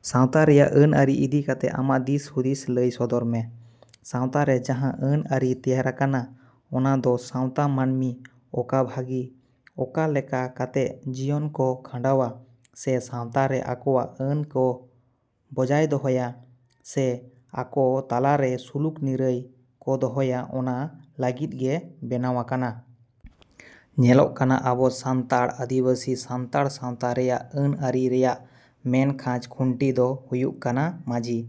ᱥᱟᱶᱛᱟ ᱨᱮᱭᱟᱜ ᱟᱹᱱ ᱟᱹᱨᱤ ᱤᱫᱤ ᱠᱟᱛᱮᱜ ᱟᱢᱟᱜ ᱫᱤᱥ ᱦᱩᱫᱤᱥ ᱞᱟᱹᱭ ᱥᱚᱫᱚᱨ ᱢᱮ᱾ ᱥᱟᱶᱛᱟ ᱨᱮ ᱡᱟᱦᱟᱸ ᱟᱹᱱ ᱟᱹᱨᱤ ᱛᱮᱭᱟᱨ ᱟᱠᱟᱱᱟ ᱚᱱᱟ ᱫᱚ ᱥᱟᱶᱛᱟ ᱢᱟᱹᱱᱢᱤ ᱚᱠᱟ ᱵᱷᱟᱜᱤ, ᱚᱠᱟ ᱞᱮᱠᱟ ᱠᱟᱛᱮᱜ ᱡᱤᱭᱚᱱ ᱠᱚ ᱠᱷᱟᱸᱰᱟᱣᱟ ᱥᱮ ᱥᱟᱶᱛᱟ ᱨᱮ ᱟᱠᱚᱣᱟᱜ ᱟᱹᱱ ᱠᱚ ᱵᱚᱡᱟᱭ ᱫᱚᱦᱚᱭᱟ ᱥᱮ ᱟᱠᱚ ᱛᱟᱞᱟ ᱨᱮ ᱥᱩᱞᱩᱠ ᱱᱤᱨᱟᱹᱭ ᱠᱚ ᱫᱚᱦᱚᱭᱟ, ᱚᱱᱟ ᱞᱟᱹᱜᱤᱫ ᱜᱮ ᱵᱮᱱᱟᱣ ᱟᱠᱟᱱᱟ᱾ ᱧᱮᱞᱚᱜ ᱠᱟᱱᱟ ᱟᱵᱚ ᱥᱟᱱᱛᱟᱲ ᱟᱹᱫᱤᱵᱟᱹᱥᱤ ᱥᱟᱱᱛᱟᱲ ᱥᱟᱶᱛᱟ ᱨᱮᱭᱟᱜ ᱟᱹᱱ ᱟᱹᱨᱤ ᱨᱮᱭᱟᱜ ᱢᱮᱱ ᱠᱷᱟᱢ ᱠᱷᱩᱱᱴᱤ ᱫᱚ ᱦᱩᱭᱩᱜ ᱠᱟᱱᱟ ᱢᱟᱺᱡᱷᱤ᱾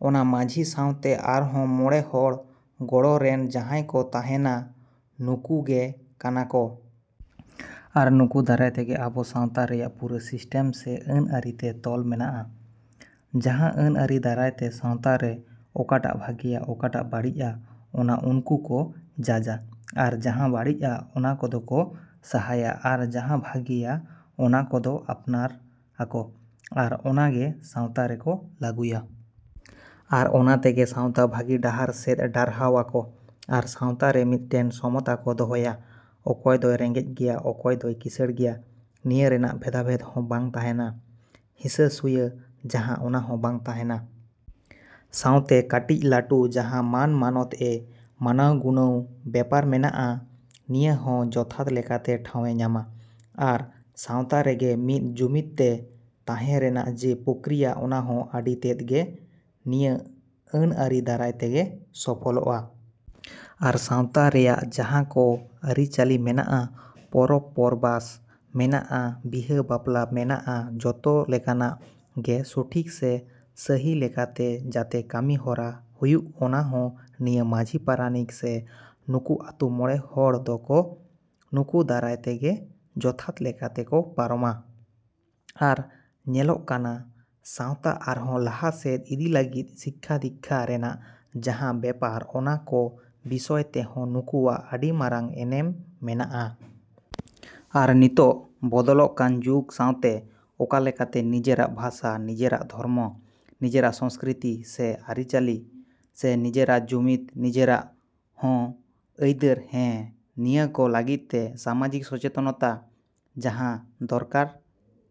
ᱚᱱᱟ ᱢᱟᱺᱡᱷᱤ ᱥᱟᱶᱛᱮ ᱟᱨᱦᱚᱸ ᱢᱚᱬᱮ ᱦᱚᱲ ᱜᱚᱲᱚ ᱨᱮᱱ ᱡᱟᱦᱟᱸᱭ ᱠᱚ ᱛᱟᱦᱮᱸᱱᱟ, ᱱᱩᱠᱩ ᱜᱮ ᱠᱟᱱᱟ ᱠᱚ, ᱟᱨ ᱱᱩᱠᱩ ᱫᱟᱨᱟᱭ ᱛᱮᱜᱮ ᱟᱵᱚ ᱥᱟᱶᱛᱟ ᱨᱮᱱᱟᱜ ᱯᱩᱨᱟᱹ ᱥᱤᱥᱴᱮᱢ ᱥᱮ ᱟᱹᱱ ᱟᱹᱨᱤ ᱛᱮ ᱛᱚᱞ ᱢᱮᱱᱟᱜᱼᱟ, ᱡᱟᱦᱟᱸ ᱟᱹᱱ ᱟᱹᱨᱤ ᱫᱟᱨᱟᱭ ᱛᱮ ᱥᱟᱶᱛᱟ ᱨᱮ ᱚᱠᱟᱴᱟᱜ ᱵᱷᱟᱜᱮᱭᱟ, ᱚᱠᱟᱴᱟᱜ ᱵᱟᱹᱲᱤᱡᱼᱟ ᱚᱱᱟ ᱩᱱᱠᱩ ᱠᱚ ᱡᱟᱡᱽᱼᱟ ᱟᱨ ᱡᱟᱦᱟᱸ ᱵᱟᱹᱲᱤᱡᱼᱟ ᱚᱱᱟ ᱠᱚᱫᱚ ᱠᱚ ᱥᱟᱦᱟᱭᱟ, ᱟᱨ ᱡᱟᱦᱟᱸ ᱵᱷᱟᱜᱮᱭᱟ ᱚᱱᱟ ᱠᱚᱫᱚ ᱟᱯᱱᱟᱨ ᱟᱠᱚ ᱟᱨ ᱚᱱᱟ ᱜᱮ ᱥᱟᱶᱛᱟ ᱨᱮᱠᱚ ᱞᱟᱹᱜᱩᱭᱟ᱾ ᱟᱨ ᱚᱱᱟ ᱛᱮᱜᱮ ᱥᱟᱶᱛᱟ ᱵᱷᱟᱹᱜᱤ ᱰᱟᱦᱟᱨ ᱥᱮᱫ ᱰᱟᱨᱦᱟᱣ ᱟᱠᱚ᱾ ᱟᱨ ᱥᱟᱶᱛᱟ ᱨᱮ ᱢᱤᱫᱴᱮᱱ ᱥᱚᱢᱚᱛᱟ ᱠᱚ ᱫᱚᱦᱚᱭᱟ, ᱚᱠᱚᱭ ᱫᱚᱭ ᱨᱮᱸᱜᱮᱡ ᱜᱮᱭᱟ, ᱚᱠᱚᱭ ᱫᱚᱭ ᱠᱤᱸᱥᱟᱹᱬ ᱜᱮᱭᱟ, ᱱᱤᱭᱟᱹ ᱨᱮᱱᱟᱜ ᱵᱷᱮᱫᱟ ᱵᱷᱮᱫ ᱦᱚᱸ ᱵᱟᱝ ᱛᱟᱦᱮᱸᱱᱟ, ᱦᱤᱸᱥᱟᱹ ᱥᱩᱭᱟᱹ ᱡᱟᱦᱟᱸ ᱚᱱᱟ ᱦᱚᱸ ᱵᱟᱝ ᱛᱟᱦᱮᱸᱱᱟ᱾ ᱥᱟᱶᱛᱮ ᱠᱟᱹᱴᱤᱡ ᱞᱟᱹᱴᱩ ᱡᱟᱦᱟᱸ ᱢᱟᱱ ᱢᱟᱱᱚᱛ ᱮ ᱢᱟᱱᱟᱣ ᱜᱩᱱᱟᱹᱣ ᱵᱮᱯᱟᱨ ᱢᱮᱱᱟᱜᱼᱟ, ᱱᱤᱭᱟᱹ ᱦᱚᱸ ᱡᱚᱛᱷᱟᱛ ᱞᱮᱠᱟᱛᱮ ᱴᱷᱟᱸᱣᱭᱮ ᱧᱟᱢᱟ᱾ ᱟᱨ ᱥᱟᱶᱛᱟ ᱨᱮᱜᱮ ᱢᱤᱫ ᱡᱩᱢᱩᱫ ᱛᱮ ᱛᱟᱦᱮᱸ ᱨᱮᱱᱟᱜ ᱡᱮ ᱯᱨᱚᱠᱠᱨᱤᱭᱟ ᱚᱱᱟ ᱦᱚᱸ ᱟᱹᱰᱤ ᱛᱮᱫ ᱜᱮ ᱱᱤᱭᱟᱹ ᱟᱹᱱ ᱟᱹᱨᱤ ᱫᱟᱨᱟᱭ ᱛᱮᱜᱮ ᱥᱚᱯᱷᱚᱞᱚᱜᱼᱟ᱾ ᱟᱨ ᱥᱟᱶᱛᱟ ᱨᱮᱭᱟᱜ ᱡᱟᱦᱟᱸ ᱠᱚ ᱟᱹᱨᱤ ᱪᱟᱹᱞᱤ ᱢᱮᱱᱟᱜᱼᱟ, ᱯᱚᱨᱚᱵᱽ ᱯᱚᱨᱵᱟᱥ ᱢᱮᱱᱟᱜᱼᱟ, ᱵᱤᱦᱟᱹ ᱵᱟᱯᱞᱟ ᱢᱮᱱᱟᱜᱼᱟ, ᱡᱚᱛᱚ ᱞᱮᱠᱟᱱᱟᱜ ᱜᱮ ᱥᱚᱴᱷᱤᱠ ᱥᱮ ᱥᱟᱹᱦᱤ ᱞᱮᱠᱟᱛᱮ ᱡᱟᱛᱮ ᱠᱟᱹᱢᱤ ᱦᱚᱨᱟ ᱦᱩᱭᱩᱜ ᱚᱱᱟ ᱦᱚᱸ ᱱᱤᱭᱟᱹ ᱢᱟᱺᱡᱷᱤ ᱯᱟᱨᱟᱱᱤᱠ ᱥᱮ ᱱᱩᱠᱩ ᱟᱛᱳ ᱢᱚᱬᱮ ᱦᱚᱲ ᱫᱚ ᱠᱚ ᱱᱩᱠᱩ ᱫᱟᱨᱟᱭ ᱛᱮᱜᱮ ᱡᱚᱛᱷᱟᱛ ᱞᱮᱠᱟᱛᱮ ᱠᱚ ᱯᱟᱨᱚᱢᱟ ᱟᱨ ᱧᱮᱞᱚᱜ ᱠᱟᱱᱟ ᱥᱟᱶᱛᱟ ᱟᱨᱦᱚᱸ ᱞᱟᱦᱟᱥᱮᱫ ᱤᱫᱤ ᱞᱟᱹᱜᱤᱫ ᱥᱤᱠᱠᱷᱟ-ᱫᱤᱠᱠᱷᱟ ᱨᱮᱱᱟᱜ ᱡᱟᱦᱟᱸ ᱵᱮᱯᱟᱨ ᱚᱱᱟ ᱠᱚ ᱵᱤᱥᱚᱭ ᱛᱮᱦᱚᱸ ᱱᱩᱠᱩᱣᱟᱜ ᱟᱹᱰᱤ ᱢᱟᱨᱟᱝ ᱮᱱᱮᱢ ᱢᱮᱱᱟᱜᱼᱟ᱾ ᱟᱨ ᱱᱤᱛᱚᱜ ᱵᱚᱫᱚᱞᱚᱜ ᱠᱟᱱ ᱡᱩᱜᱽ ᱥᱟᱶᱛᱮ ᱚᱠᱟ ᱞᱮᱠᱟᱛᱮ ᱱᱤᱡᱮᱨᱟᱜ ᱵᱷᱟᱥᱟ, ᱱᱤᱡᱮᱨᱟᱜ ᱫᱷᱚᱨᱢᱚ, ᱱᱤᱡᱮᱨᱟᱜ ᱥᱚᱝᱥᱠᱨᱤᱛᱤ ᱥᱮ ᱟᱹᱨᱤ ᱪᱟᱹᱞᱤ ᱥᱮ ᱱᱤᱡᱮᱨᱟᱜ ᱡᱩᱢᱤᱫ, ᱱᱤᱡᱮᱨᱟᱜ ᱦᱚᱸ ᱟᱹᱭᱫᱟᱹᱨ, ᱦᱮᱸ, ᱱᱤᱭᱟᱹ ᱠᱚ ᱞᱟᱹᱜᱤᱫ ᱛᱮ ᱥᱟᱢᱟᱡᱤᱠ ᱥᱚᱪᱮᱛᱚᱱᱚᱛᱟ ᱡᱟᱦᱟᱸ ᱫᱚᱨᱠᱟᱨ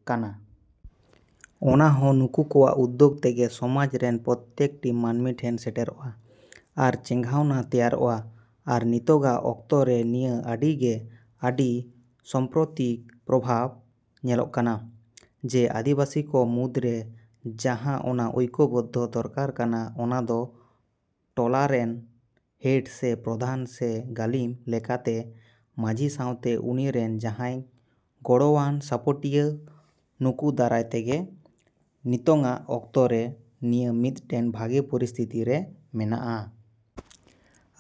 ᱠᱟᱱᱟ ᱚᱱᱟ ᱦᱚᱸ ᱱᱩᱠᱩ ᱠᱚᱣᱟᱜ ᱩᱫᱽᱫᱳᱜ ᱛᱮᱜᱮ ᱥᱚᱢᱟᱡᱽ ᱨᱮᱱ ᱯᱨᱚᱛᱛᱮᱠ ᱴᱤ ᱢᱟᱹᱱᱢᱤ ᱴᱷᱮᱱ ᱥᱮᱴᱮᱨᱚᱜᱼᱟ, ᱟᱨ ᱪᱮᱸᱜᱷᱟᱣᱱᱟ ᱛᱮᱭᱟᱨᱚᱜᱼᱟ, ᱟᱨ ᱱᱤᱛᱚᱜᱼᱟᱜ ᱚᱠᱛᱚ ᱨᱮ ᱱᱤᱭᱟᱹ ᱟᱹᱰᱤ ᱜᱮ ᱟᱹᱰᱤ ᱥᱟᱢᱯᱨᱚᱛᱤᱠ ᱯᱨᱚᱵᱷᱟᱵᱽ ᱧᱮᱞᱚᱜ ᱠᱟᱱᱟ, ᱡᱮ ᱟᱹᱫᱤᱵᱟᱥᱤ ᱠᱚ ᱢᱩᱫᱽᱨᱮ ᱡᱟᱦᱟᱸ ᱚᱱᱟ ᱳᱭᱠᱚᱵᱚᱫᱽᱫᱷᱚ ᱫᱚᱨᱠᱟᱨ ᱠᱟᱱᱟ ᱚᱱᱟ ᱫᱚ ᱴᱚᱞᱟ ᱨᱮᱱ ᱦᱮᱰ ᱥᱮ ᱯᱨᱚᱫᱷᱟᱱ ᱥᱮ ᱜᱟᱹᱞᱤᱢ ᱞᱮᱠᱟ ᱛᱮ ᱢᱟᱺᱡᱷᱤ ᱥᱟᱶᱛᱮ ᱩᱱᱤ ᱨᱮᱱ ᱡᱟᱦᱟᱸᱭ ᱜᱚᱲᱚᱣᱟᱱ ᱥᱟᱯᱚᱴᱤᱭᱟᱹ ᱱᱩᱠᱩ ᱫᱟᱨᱟᱭ ᱛᱮᱜᱮ ᱱᱤᱛᱚᱝ-ᱟᱜ ᱚᱠᱛᱚ ᱨᱮ ᱱᱤᱭᱟᱹ ᱢᱤᱫᱴᱮᱱ ᱵᱷᱟᱜᱮ ᱯᱚᱨᱤᱥᱛᱷᱤᱛᱤ ᱨᱮ ᱢᱮᱱᱟᱜᱼᱟ᱾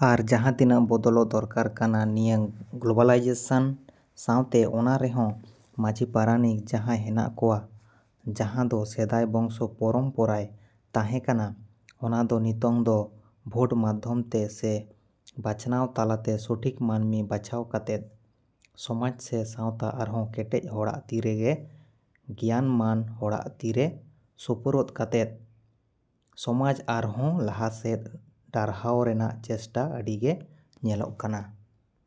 ᱟᱨ ᱡᱟᱦᱟᱸ ᱛᱤᱱᱟᱹᱜ ᱵᱚᱫᱚᱞᱚᱜ ᱫᱚᱨᱠᱟᱨ ᱠᱟᱱᱟ ᱱᱤᱭᱟᱹ ᱜᱞᱳᱵᱟᱞᱟᱭᱡᱮᱥᱚᱱ ᱥᱟᱶᱛᱮ ᱚᱱᱟ ᱨᱮᱦᱚᱸ ᱢᱟᱺᱡᱷᱤ ᱯᱟᱨᱟᱱᱤᱠ ᱡᱟᱦᱟᱸᱭ ᱦᱮᱱᱟᱜ ᱠᱚᱣᱟ ᱡᱟᱦᱟᱸ ᱫᱚ ᱥᱮᱫᱟᱭ ᱵᱚᱝᱥᱚ ᱯᱚᱨᱚᱢ ᱯᱚᱨᱟᱭ ᱛᱟᱦᱮᱸ ᱠᱟᱱᱟ, ᱚᱱᱟ ᱫᱚ ᱱᱤᱛᱚᱝ ᱫᱚ ᱵᱷᱳᱴ ᱢᱟᱫᱽᱫᱷᱚᱢ ᱛᱮ ᱥᱮ ᱵᱟᱪᱷᱱᱟᱣ ᱛᱟᱞᱟ ᱛᱮ ᱥᱚᱴᱷᱤᱠ ᱢᱟᱹᱱᱢᱤ ᱵᱟᱪᱷᱟᱣ ᱠᱟᱛᱮᱫ ᱥᱚᱢᱟᱡᱽ ᱥᱮ ᱥᱟᱶᱛᱟ ᱟᱨᱦᱚᱸ ᱠᱮᱴᱮᱡ ᱦᱚᱲᱟᱜ ᱛᱤ ᱨᱮᱜᱮ ᱜᱮᱭᱟᱱ ᱢᱟᱱ ᱦᱚᱲᱟᱜ ᱛᱤ ᱨᱮ ᱥᱳᱯᱨᱳᱫ ᱠᱟᱛᱮᱫ ᱥᱚᱢᱟᱡᱽ ᱟᱨᱦᱚᱸ ᱞᱟᱦᱟᱥᱮᱫ ᱰᱟᱨᱦᱟᱣ ᱨᱮᱱᱟᱜ ᱪᱮᱥᱴᱟ ᱟᱹᱰᱤ ᱜᱮ ᱧᱮᱞᱚᱜ ᱠᱟᱱᱟ᱾।